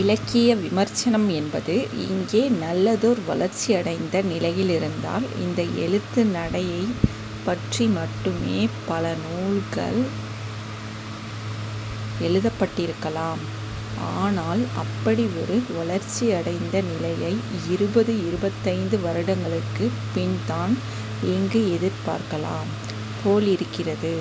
இலக்கிய விமர்சனம் என்பது இங்கே நல்லதோர் வளர்ச்சியடைந்த நிலையிலிருந்தால் இந்த எழுத்து நடையைப்பற்றி மட்டுமே பல நூல்கள் எழுதப்பட்டிருக்கலாம். ஆனால் அப்படி ஒரு வளர்ச்சியடைந்த நிலையை இருபது இருபத்தைந்து வருடங்களுக்குப் பின்தான் இங்கு எதிர்பார்க்கலாம் போலிருக்கிறது.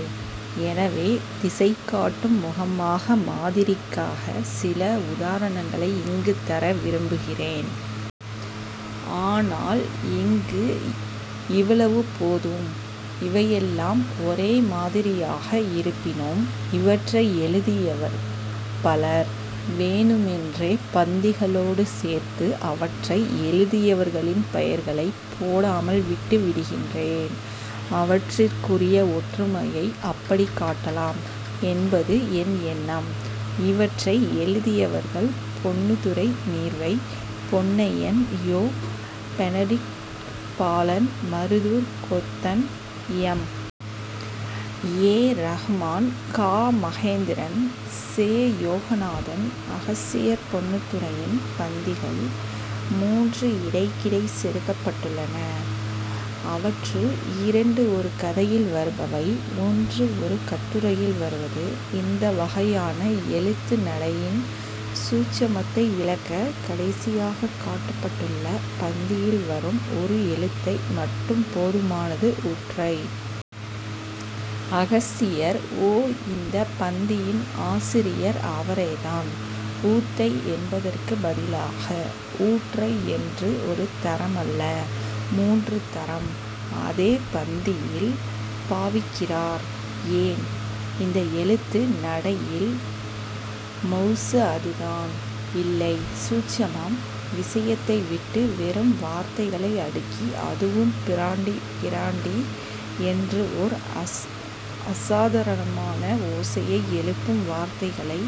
எனவே, திசை காட்டும் முகமாக, மாதிரிக்காகச் சில உதாரணங்களை இங்கு தர விரும்புகிறேன். ஆனால் இங்கு இவ்வளவு போதும். இவையெல்லாம் ஒரே மாதிரியாக இருப்பினும் இவற்றை எழுதியவர்கள் பலர். வேண்டுமென்றே பந்திகளோடு சேர்த்து அவற்றை எழுதியவர்களின் பெயர்களைப் போடாமல் விட்டுவிடுகிறேன். அவற்றுக்குரிய ஒற்றுமையை அப்படிக் காட்டலாம் என்பது என் எண்ணம். இவற்றை எழுதியவர்கள் Ponnuthurai, Neervai Ponnaiyan, Yo. Benedict Balan Maruthoor Kothan, M. A. Rahman, Ka. Mahendran, செ. யோகநாதன், அகஸ்தியர். பொன்னுத்துரையின் பந்திகள் மூன்று இடைக்கிடை செருகப்பட்டுள்ளன. அவற்றுள் இரண்டு ஒரு கதையில் வருபவை. ஒன்று ஒரு கட்டுரையில் வருவது. இந்த வகையான எழுத்து நடையின் 'சூட்சும'த்தை விளக்கக் கடைசியாகக் காட்டப்பட்டுள்ள பந்தியில் வரும் ஒரு வார்த்தை மட்டும் போதுமானது 'ஊற்றை. 'அகஸ்தியர்'. ஓ இந்தப் பந்தியின் ஆசிரியர் அவரேதான். 'ஊத்தை' என்பதற்குப் பதிலாக 'ஊற்றை' என்று ஒரு தரமல்ல மூன்று தரம் அதே பந்தியில் பாவிக்கிறார். ஏன்? இந்த எழுத்து நடையின் மவுசு அதுதான். இல்லை. 'சூட்சுமம்'. விசயத்தை விட்டு வெறும் வார்த்தைகளை அடுக்கி அதுவும் 'பிராண்டி' 'கிராண்டி' என்று ஓர் அசாதாரண ஓசையை எழுப்பும் வார்த்தைகளை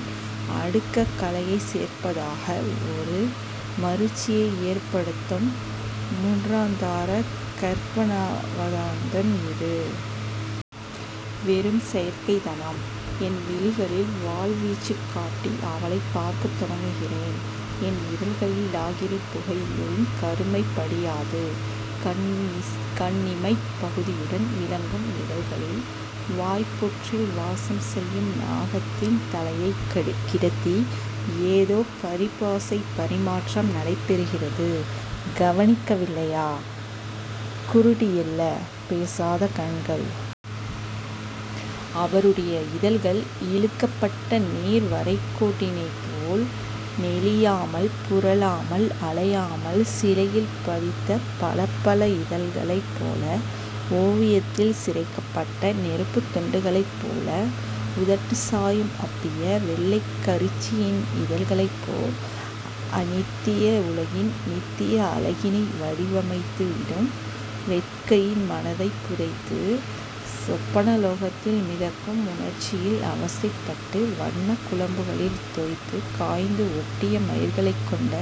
அடுக்க கலையைச் சேர்ப்பதாக ஒரு மருட்சியை ஏற்படுத்தும் மூன்றாந்தர கற்பனாவாதந்தான் இது. வெறும் செயற்கைத்தனம். என் விழிகளில் வாள்வீச்சுக் காட்டி அவளைப் பார்க்கத் தொடங்குகிறேன். என் இதழ்களில் லாகிரிப் புகைகளின் கருமை படியாது, கன்னிமைப் பசுமையுடன் விளங்கும் இதழ்களில் வாய்ப்புற்றில் வாசம் செய்யும் நாகத்தின் தலையைக் கிடத்தி..... ஏதோ பரிபாஷைப் பரிமாற்றம் நடைபெறுகிறது. கவனிக்கவில்லையா? குருடியல்ல. பேசாத கண்கள். அவருடைய இதழ்கள் இழுக்கப்பட்ட நேர் வரைக்கோட்டினைப்போல் நெளியாமல் புரளாமல் அலையாமல் சிலையில் பதித்த பளபள இதழ்களைப் போல ஓவியத்தில் சிறைப்பட்ட நெருப்புத் துண்டுகளைப் போல உதட்டுச் சாயம் அப்பிய வெள்ளைக்கரிச்சியின் இதழ்களைப் போ அநித்திய உலகில் நித்திய அழகினை வடிவெடுத்துவிடும் வேட்கையில் மனதைப் புதைத்து, ஸ்வப்பனலோகத்தில் மிதக்கும் உணர்ச்சியில் அவஸ்த்தைப்பட்டு, வண்ணக் குழம்புகளில் தோய்ந்து, காய்ந்து, ஒட்டிய மயிர்களைக் கொண்ட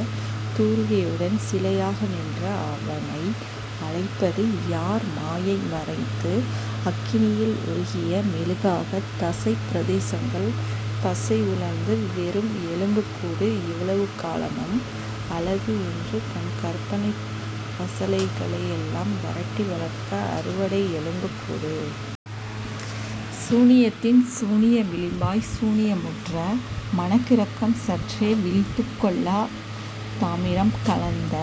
தூரிகையுடன் சிலையாக நின்ற அவனை அழைப்பது யார் மாயை மறைந்து, அக்கினியில் உருகிய மெழுகாகத் தசைப் பிரதேசங்கள் பசை உலர்ந்து-வெறும் எலும்புக் கூடு இவ்வளவு காலமும் அழகு என்று தன் கற்பனைப் பசளைகளையெல்லாம் வரட்டி வளர்த்த அறுவடை எலும்புக்கூடு. சூனியத்தின் சூனிய விளிம்பாய் சூனியமுற்ற மனக்கிறக்கம் சற்றே விழிப்புக்கொள்ளதாமிரம் கலந்த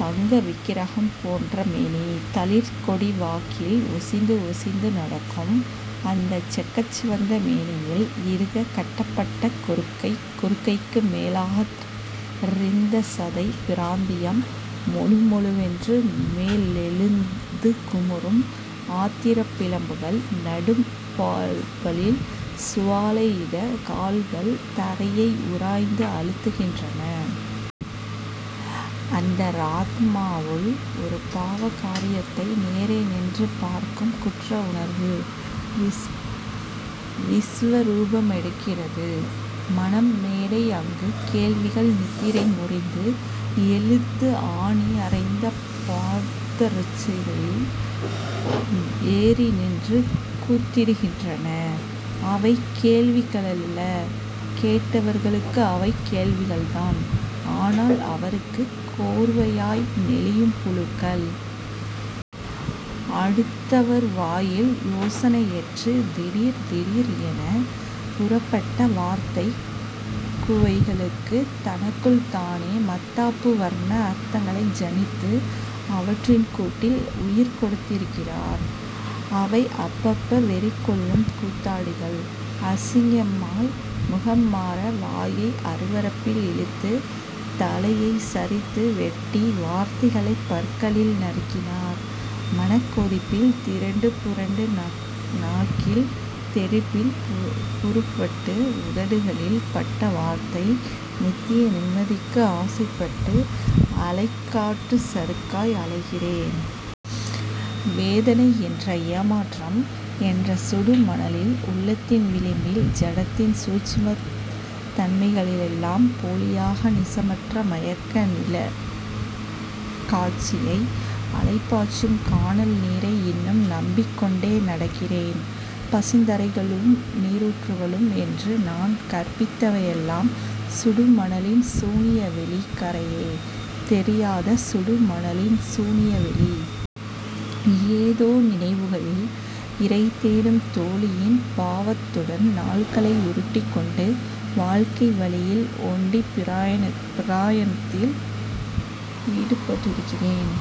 தங்க விக்கிரகம் போன்ற மேனி. தளிர் கொடிவாக்கில் ஒசிந்து ஒசிந்து நடக்கும் அந்தச் செக்கச் சிவந்த மேனியில் இறுகக் கட்டப்பட்ட குறுக்கை குறுக்கைக்கு மேலாகத் ரிந்த சதைப் பிராந்தியம், மொழுமொழுவென்றுமேலெழுந்து குமுறும் ஆத்திரப் பிளம்புகள் நரும்பலில் சுவாலையிட கால்கள் தரையை உராய்ந்து அழுத்துகின்றன. அந்தராத்மாவுள் ஒரு பாவ கரியத்தை நேரே நின்று பார்க்கும் குற்ற உணர்வு விஸ்வரூபமெடுக்கிறது மனம் மேடை அங்கு கேள்விகள் நித்திரை முறிந்து எழுந்து ஆணி அறைந்த பாதரட்சைகளில் ஏறி நின்று கூத்திடுகின்றன. அவை கேள்விகளல்ல, கேட்டவர்களுக்கு அவை கேள்விகள்தான். ஆனால் அவருக்கு கோர்வையாய் நெளியும் புழுக்கள். அடுத்தவர் வாயில் யோசனையற்று, திடீர் திடீர் எனப் புறப்பட்ட வார்த்தைக் குவைகளுக்கு தனக்குள் தானே மத்தாப்பு வர்ண அர்த்தங்களை ஜனித்து, அவற்றின் கூட்டில் உயிர் கொடுத்திருக்கிறார். அவை அப்ப அப்ப வெறிகொள்ளும் கூத்தாடிகள் அசிங்கமாய் முகம் மாற வாயை அருவருப்பில் இழித்து தலையைச் சரித்து வெட்டி வார்த்தைகளைப் பற்களில் நறுக்கினார் மனக்கொதிப்பில் திரண்டு புரண்டு நாக்கின் தெறிப்பில் உருப்பட்டு உதடுகளில் பட்ட வார்த்தை நித்திய நிம்மதிக்கு ஆசைப்பட்டு, அலை காற்றுச் சருகாய் அலைகிறேன். வேதனை என்ற ஏமாற்றம் என்ற சுடு மணலில், உள்ளத்தின் விளிம்பின் ஜடத்தின் சூட்சுமத் தன்மைகளிலெல்லாம், போலியாக, நிசமென்ற மயக்க நிழற் காட்சியை, அலைபாய்ச்சும் கானல் நீரை இன்னும் நம்பிக்கொண்டே நடக்கிறேன். பசுந்தரைகளும் நீரூற்றுகளும் என்று நான் கற்பித்தவையெல்லாம், சுடுமணலின் சூன்ய வெளி. கரையே தெரியாத சுடுமணலின் சூன்யவெளி. ஏதோ நினைவுகளில் இரைதேடும் தோழியின் பாவத்துடன் நாட்களை உருட்டிக்கொண்டு, வாழ்க்கை வழியில் ஒண்டிப் பிரயாணத்தில் ஈடுபட்டிருக்கின்றேன்.